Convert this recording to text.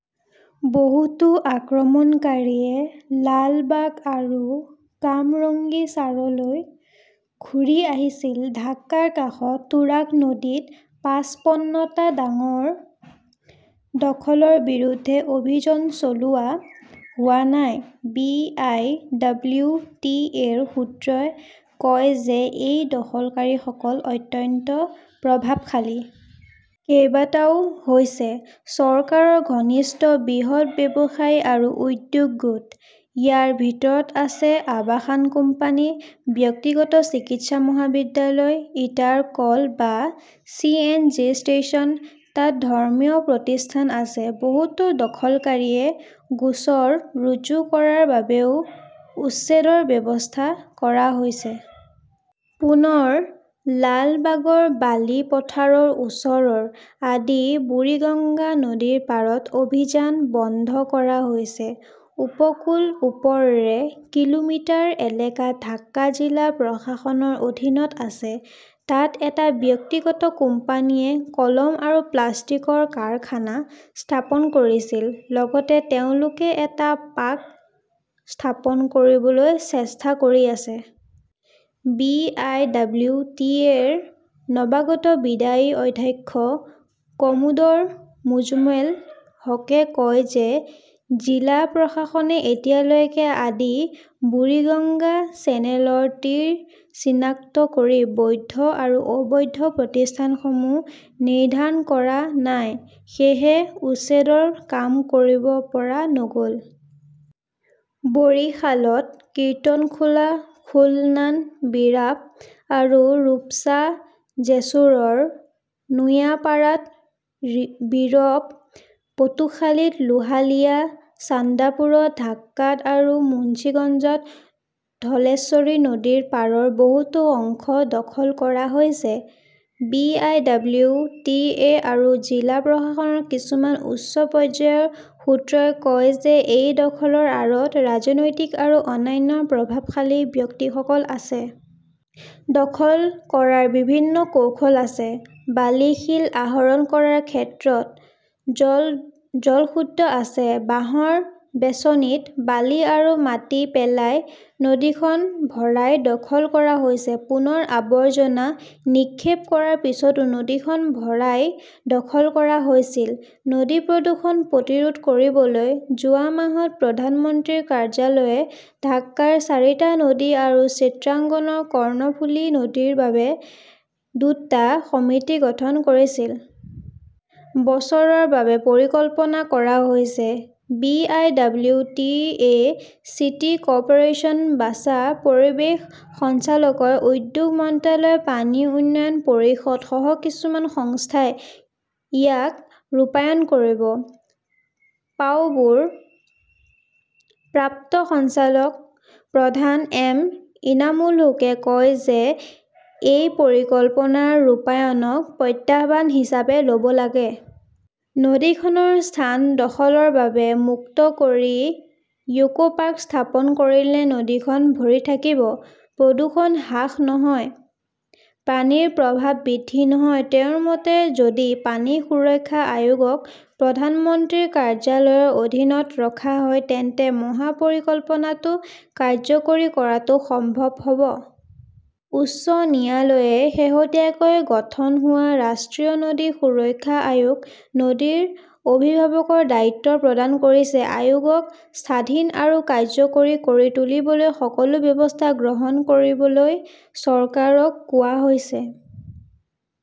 বহুতো আক্ৰমণকাৰীয়ে লালবাগ আৰু কামৰাংগীৰচাৰলৈ ঘূৰি আহিছিল। ঢাকাৰ কাষত তুৰাগ নদীত পাছপন্ন টা ডাঙৰ দখলৰ বিৰুদ্ধে অভিযান চলোৱা হোৱা নাই। B. I. W. T. A. -ৰ সূত্ৰই কয় যে এই দখলকাৰীসকল অত্যন্ত প্ৰভাৱশালী। কেইবাটাও হৈছে চৰকাৰৰ ঘনিষ্ঠ বৃহৎ ব্যৱসায়ী আৰু উদ্যোগ গোট। ইয়াৰ ভিতৰত আছে আবাসন কোম্পানী, ব্যক্তিগত চিকিৎসা মহাবিদ্যালয়, ইটাৰ কল বা চি. এন. জি. ষ্টেচন। তাত ধৰ্মীয় প্ৰতিষ্ঠান আছে। বহুতো দখলকাৰীয়ে গোচৰ ৰুজু কৰাৰ বাবেও উচ্ছেদৰ ব্যৱস্থা কৰা হৈছে। পুনৰ লালবাগৰ বালিৰ পথাৰৰ ওচৰৰ আদি বুৰিগঙ্গা নদীৰ পাৰত অভিযান বন্ধ কৰা হৈছে। উপকূলৰ ওপৰেৰে কিলোমিটাৰ এলেকা ঢাকা জিলা প্ৰশাসনৰ অধীনত আছে। তাত এটা ব্যক্তিগত কোম্পানীয়ে কলম আৰু প্লাষ্টিকৰ কাৰখানা স্থাপন কৰিছিল। লগতে তেওঁলোকে এটা পাৰ্ক স্থাপন কৰিবলৈ চেষ্টা কৰি আছে। B. I. W. T. A. -ৰ নৱাগত বিদায়ী অধ্যক্ষ কমোডাৰ মোজাম্মেল হকই কয় যে জিলা প্ৰশাসনে এতিয়ালৈকে আদি বুৰিগঙ্গা চেনেলৰ তীৰ চিনাক্ত কৰি বৈধ আৰু অবৈধ প্ৰতিষ্ঠানসমূহ নিৰ্ধাৰণ কৰা নাই। সেয়েহে উচ্ছেদৰ কাম কৰিব পৰা নগ "ল। বৰিশালত কিৰ্তনখোলা, খুলনাত বীৰাব আৰু ৰূপছা, জেছুৰৰ নোয়াপাড়াত বীৰাব, পটুখালীত লোহালিয়া, চান্দপুৰত ডাকাত আৰু মুন্সিগঞ্জত ধলেশ্বৰী নদীৰ পাৰৰ বহুতো অংশ দখল কৰা হৈছে। B. I. W. T. A. আৰু জিলা প্ৰশাসনৰ কিছুমান উচ্চ পৰ্যায়ৰ সূত্ৰই কয় যে এই দখলৰ আঁৰত ৰাজনৈতিক আৰু অন্যান্য প্ৰভাৱশালী ব্যক্তিসকল আছে। দখল কৰাৰ বিভিন্ন কৌশল আছে। বালি-শিল আহৰণ কৰাৰ ক্ষেত্ৰত জলদস্যুতা আছে। বাঁহৰ বেষ্টনীত বালি আৰু মাটি পেলাই নদীখন ভৰাই দখল কৰা হৈছিল। পুনৰ আৱৰ্জনা নিক্ষেপ কৰাৰ পিছতো নদীখন ভৰাই দখল কৰা হৈছিল। নদী প্ৰদূষণ প্ৰতিৰোধ কৰিবলৈ যোৱা মাহত প্ৰধানমন্ত্ৰীৰ কাৰ্যালয়ে ঢাকাৰ চাৰিটা নদী আৰু চিটাগংৰ কৰ্ণফুলি নদীৰ বাবে দুটা সমিতি গঠন কৰিছিল। বছৰৰ বাবে পৰিকল্পনা কৰা হৈছে। B. I. W. T. A., city corporation, WASA, পৰিৱেশ সঞ্চালকালয়, উদ্যোগ মন্ত্ৰালয়, পানী উন্নয়ন পৰিষদ সহ কিছুমান সংস্থাই ইয়াক ৰূপায়ণ কৰিব। পাউবোৰ প্ৰাক্তন সঞ্চালক প্ৰধান এম ইনামুল হুকে কয় যে এই পৰিকল্পনাৰ ৰূপায়ণক প্ৰত্যাহ্বান হিচাপে ল'ব লাগে। নদীখনৰ স্থান দখলৰ পৰা মুক্ত কৰি ইকোপাৰ্ক স্থাপন কৰিলে নদীখন ভৰি থাকিব। প্ৰদূষণ হ্ৰাস নহয়, পানীৰ প্ৰৱাহ বৃদ্ধি নহয়। তেওঁৰ মতে, যদি নদী সুৰক্ষা আয়োগক প্ৰধানমন্ত্ৰীৰ কাৰ্যালয়ৰ অধীনত ৰখা হয় তেন্তে মহা পৰিকল্পনাটো কাৰ্যকৰী কৰাটো সম্ভৱ হ 'ব। উচ্চ ন্যায়ালয়ে শেহতীয়াকৈ গঠন হোৱা ৰাষ্ট্ৰীয় নদী সুৰক্ষা আয়োগক নদীৰ অভিভাৱকৰ দায়িত্ব প্ৰদান কৰিছে। আয়োগক স্বাধীন আৰু কাৰ্যকৰী কৰি তুলিবলৈ সকলো ব্যৱস্থা গ্ৰহণ কৰিবলৈ চৰকাৰক কোৱা হৈছে।